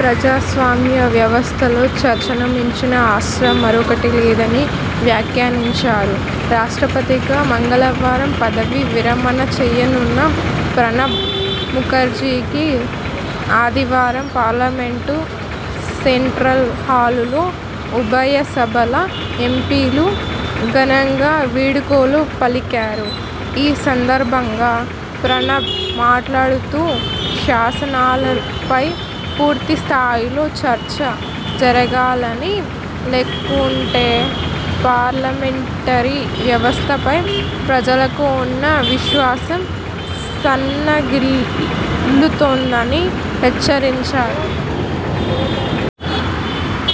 ప్రజాస్వామ్య వ్యవస్థలో చర్చను మించిన అస్త్రం మరొకటి లేదని వ్యాఖ్యానించారు. రాష్ట్రపతిగా మంగళవారం పదవీ విరమణ చేయనున్న ప్రణబ్ ముఖర్జీకి ఆదివారం పార్లమెంటు సెంట్రల్ హాలులో ఉభయ సభల ఎంపీలు ఘనంగా వీడ్కోలు పలికారు. ఈ సందర్భంగా ప్రణబ్ మాట్లాడుతూ, శాసనాలపై పూర్తి స్థాయిలో చర్చ జరగాలని, లేకుంటే పార్లమెంటరీ వ్యవస్థ పై ప్రజలకు ఉన్న విశ్వాసం సన్న గిల్లుతుందని హెచ్చరించారు.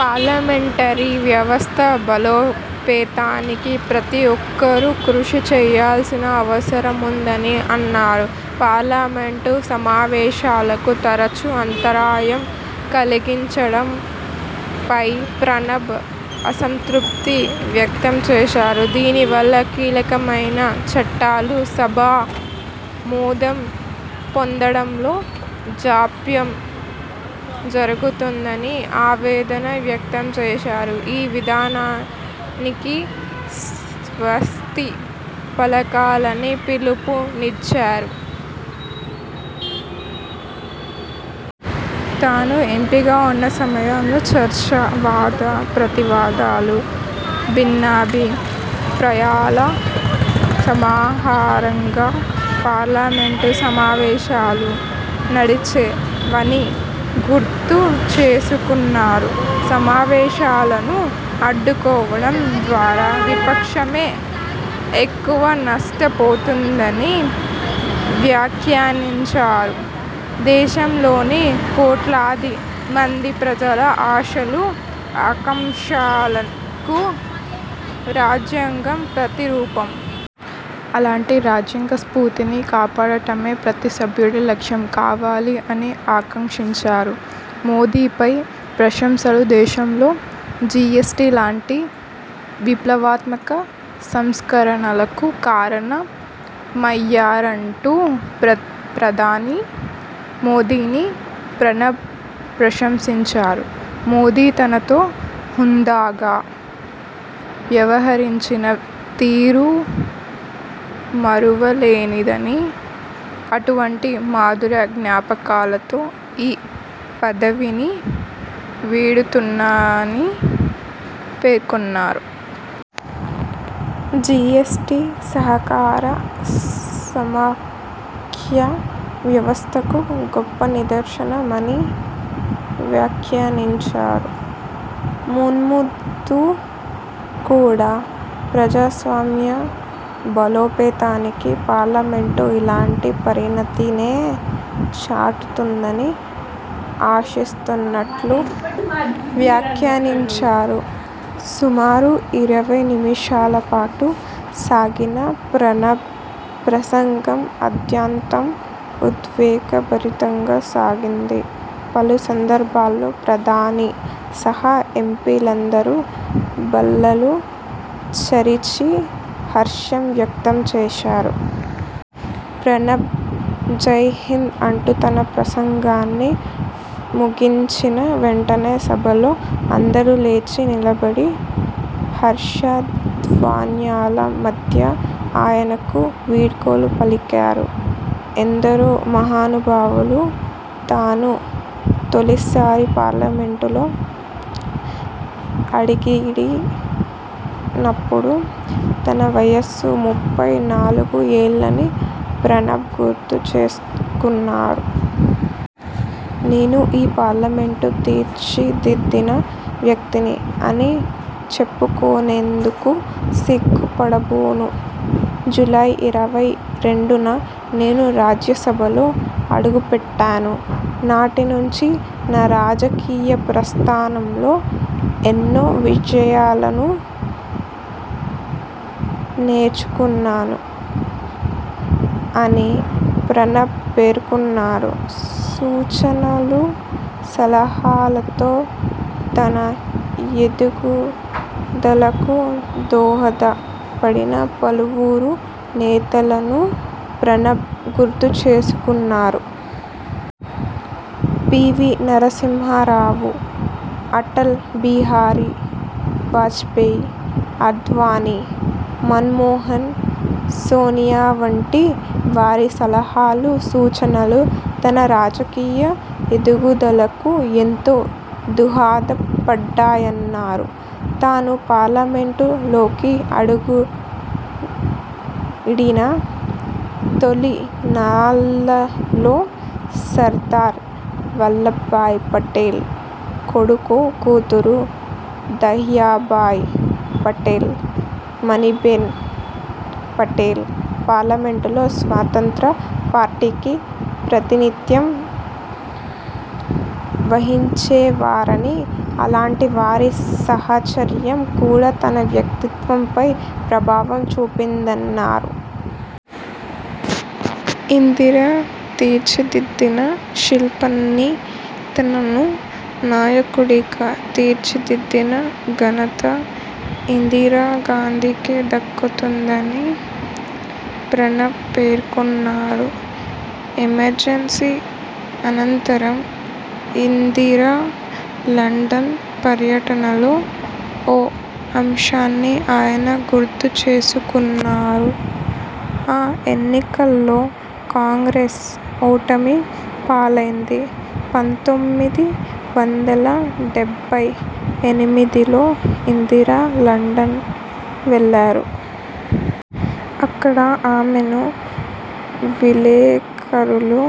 పార్లమెంటరీ వ్యవస్థ బలోపేతానికి ప్రతి ఒక్కరూ కృషి చేయాల్సిన అవసరం ఉందని అన్నారు. పార్లమెంటు సమావేశాలకు తరచూ అంతరాయం కలిగించడం పై ప్రణబ్ అసంతృప్తి వ్యక్తం చేశారు. దీని వల్ల కీలకమైన చట్టాలు సభా మోదం పొందడంలో జాప్యం జరుగుతుందని ఆవేదన వ్యక్తం చేశారు. ఈ విధానానికి స్వస్తి పలకాలని పిలుపు నిచ్చారు. తాను ఎంపీగా ఉన్న సమయంలో, చర్చ, వాద ప్రతివాదాలు, భిన్నాభి ప్రాయాల సమాహారంగా పార్లమెంటు సమావేశాలు నడిచే వని గుర్తు చేసుకున్నారు. సమావేశాలను అడ్డుకోవడం ద్వారా విపక్షమే ఎక్కువ నష్ట పోతుందని వ్యాఖ్యానించారు. దేశం లోని కోట్లాది మంది ప్రజల ఆశలు, ఆకాంక్షలకు రాజ్యాంగం ప్రతి రూపం. అలాంటి రాజ్యాంగ స్ఫూర్తిని కాపాడటమే ప్రతి సభ్యుడి లక్ష్యం కావాలి అని ఆకాంక్షించారు. మోదీపై ప్రశంసలు దేశంలో జీఎస్టీ లాంటి విప్లవాత్మక సంస్కరణలకు కారణ మయ్యారంటూ ప్రధాని మోదీని ప్రణబ్ ప్రశంసించారు. మోదీ తనతో హుందాగా వ్యవహరించిన తీరు మరువ లేనిదని, అటువంటి మధుర జ్ఞాపకాలతో ఈ పదవిని వీడుతున్నాని పేర్కొన్నారు. జీఎస్టీ, సహకార సమాఖ్య వ్యవస్థకు గొప్ప నిదర్శన మని వ్యాఖ్యానించారు. మున్ముందు కూడా ప్రజాస్వామ్య బలోపేతానికి పార్లమెంటు ఇలాంటి పరిణతినే చాటుతుందని ఆశిస్తున్నట్లు వ్యాఖ్యానించారు. సుమారు ఇరవై నిమిషాల పాటు సాగిన ప్రణబ్ ప్రసంగం ఆద్యంతం ఉద్వేగ భరితంగా సాగింది. పలు సందర్భాల్లో ప్రధాని సహా ఎంపీ లందరూ బల్లలు చరిచి హర్షం వ్యక్తం చేశారు. ప్రణబ్.. జై హింద్ అంటూ తన ప్రసంగాన్ని ముగించిన వెంటనే సభలో అందరూ లేచి నిలబడి హర్ష ధ్వానాల మధ్య ఆయనకు వీడ్కోలు పలికారు. ఎందరో మహానుభావులు, తాను తొలిసారి పార్లమెంటులో అడిగిడి నప్పుడు తన వయసు ముప్పై నాలుగు ఏళ్లని ప్రణబ్ గుర్తు చేసుకున్నారు. నేను ఈ పార్లమెంటు తీర్చిదిద్దిన వ్యక్తిని అని చెప్పుకొనేందుకు సిగ్గు పడబోను. జూలై ఇరవై రెండున నేను రాజ్య సభలో అడుగు పెట్టాను. నాటి నుంచి నా రాజకీయ ప్రస్థానంలో ఎన్నో విజయాలను నేర్చుకున్నాను అని ప్రణబ్ పేర్కొన్నారు. సూచనలు, సలహాలతో తన ఎదుగుదలకు దోహద పడిన పలువురు నేతలను ప్రణబ్ గుర్తు చేసుకున్నారు. పీవీ నరసింహరావు, అటల్ బిహారీ వాజ్పేయి, ఆడ్వాణీ, మన్మోహన్, సోనియా వంటి వారి సలహాలు, సూచనలు తన రాజకీయ ఎదుగుదలకు ఎంతో దోహద పడ్డాయన్నారు. తాను పార్లమెంటు లోకి అడుగిడిన తొలి నాళ్లలో, సర్దార్ వల్లభ్భాయ్ పటేల్ కొడుకు, కూతురు దహ్యాభాయ్ పటేల్, మణిబెన్ పటేల్ పార్లమెంటులో స్వత్రంత్ర పార్టీకి ప్రాతినిధ్యం వహించేవారని, అలాంటి వారి సాహచర్యం కూడా తన వ్యక్తిత్వం పై ప్రభావం చూపిందన్నారు. ఇందిర తీర్చిదిద్దిన శిల్పాన్నితనను నాయకుడిగా తీర్చిదిద్దిన ఘనత ఇందిరా గాంధీకే దక్కుతుందని ప్రణబ్ పేర్కొన్నారు. ఎమర్జెన్సీ అనంతరం ఇందిర లండన్ పర్యటనలో ఓ అంశాన్ని ఆయన గుర్తు చేసుకున్నారు. ఆ ఎన్నికల్లో కాంగ్రెస్ ఓటమి పాలైంది. పంతొమ్మిది వందల డెబ్బై ఎనిమిదిలో ఇందిర లండన్ వెళ్లారు. అక్కడ ఆమెను విలేకరులు,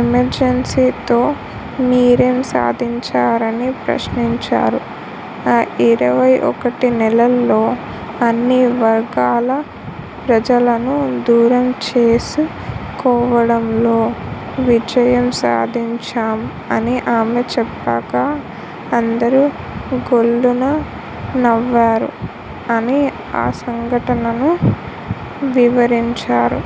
ఎమర్జెన్సీ తో మీరేం సాధించారని ప్రశ్నించారు. ఆ ఇరవై ఒకటి నెలల్లో అన్ని వర్గాల ప్రజలను దూరం చేసు కోవడంలో విజయం సాధించాం అని ఆమె చెప్పగా అందరూ గొల్లున నవ్వారు అని ఆ సంఘటనను వివరించారు.